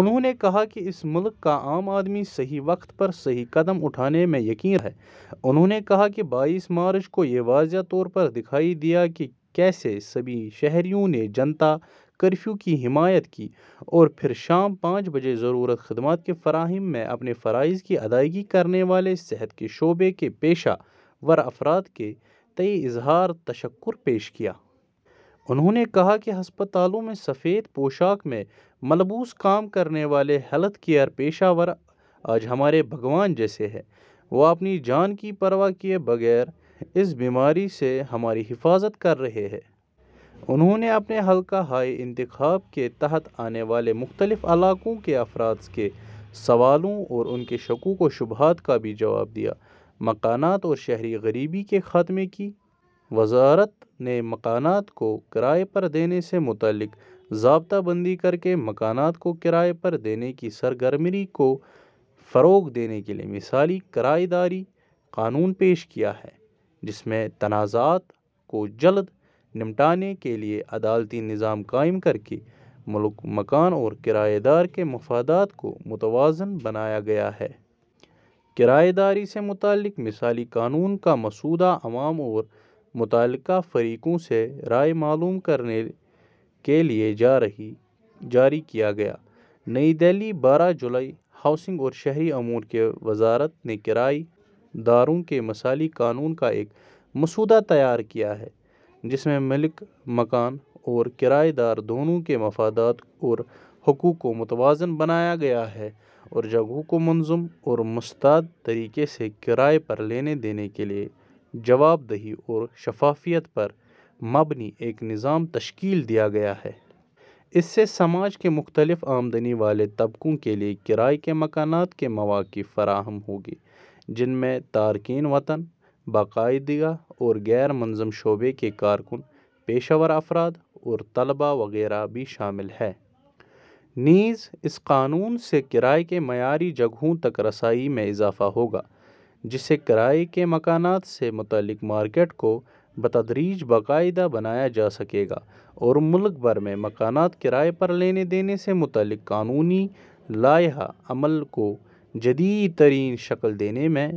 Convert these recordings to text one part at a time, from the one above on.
انہوں نے کہا کہ اس ملک کا عام آدمی صحیح وقت پر صحیح قدم اٹھانے میں یقین رکھتا ہے۔ انہوں نے کہا کہ بائیس مارچ کو یہ واضح طور پر دکھائی دیا کہ کیسے سبھی شہریوں نے جنتا کرفیو کی حمایت کی اور پھر شام پانچ بجے ضروری خدمات کی فراہمی میں اپنے فرائض کی ادائیگی کرنے والے صحت کے شعبے کے پیشہ ور افراد کے تئیں اظہار تشکر پیش کیا۔ انہوں نے کہا کہ ہسپتالوں میں سفید پوشاک میں ملبوس کام کرنے والے ہیلتھ کیئر پیشہ ور آج ہمارے بھگوان جیسے ہیں۔ وہ اپنی جان کی پرواہ کیے بغیر اس بیماری سے ہماری حفاظت کر رہے ہیں۔ انہوں نے اپنے حلقہ ہائے انتخاب کے تحت آنے والے مختلف علاقوں کے افراد کے سوالوں اور ان کے شکوک و شبہات کا بھی جواب دیا۔ مکانات اور شہری غریبی کے خاتمے کی وزارت نے مکانات کو کرائے پر دینے سے متعلق ضابطہ بندی کرکے مکانات کو کرائے پر دینے کی سرگرمی کو فروغ دینے کے لیے مثالی کرائے داری قانون پیش کیا ہے، جس میں تنازعات کو جلد نمٹانے کے لیے عدالتی نظام قائم کرکے مالک مکان اور کرائے دار کے مفادات کو متوازن بنایا گیا ہے۔ کرائے داری سے متعلق مثالی قانون کا مسودہ عوام اور متعلقہ فریقوں سے رائے معلوم کرنے کے لیے جاری کیا گیا۔ نئی دہلی، بارہ جولائی۔ ہاؤسنگ اور شہری امور کی وزارت نے کرائے داری کے مثالی قانون کا ایک مسودہ تیار کیا ہے، جس میں مالک مکان اور کرائے دار دونوں کے مفادات اور حقوق کو متوازن بنایا گیا ہے اور جگہوں کو منظم اور مستعد طریقے سے کرائے پر لینے دینے کے لیے جواب دہی اور شفافیت پر مبنی ایک نظام تشکیل دیا گیا ہے۔ اس سے سماج کے مختلف آمدنی والے طبقوں کے لیے کرائے کے مکانات کے مواقع فراہم ہوں گے، جن میں تارکین وطن، باقاعدہ اور غیر منظم شعبے کے کارکن، پیشہ ور افراد اور طلبا وغیرہ بھی شامل ہیں۔ نیز، اس قانون سے کرائے کی معیاری جگہوں تک رسائی میں اضافہ ہوگا، جس سے کرائے کے مکانات سے متعلق مارکیٹ کو بتدریج باقاعدہ بنایا جا سکے گا اور ملک بھر میں مکانات کرائے پر لینے دینے سے متعلق قانونی لائحہ عمل کو جدید ترین شکل دینے میں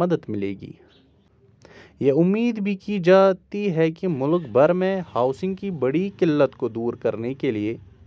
مدد ملے گی۔ یہ امید بھی کی جاتی ہے کہ ملک بھر میں ہاؤسنگ کی بڑی قلت کو دور کرنے کے لیے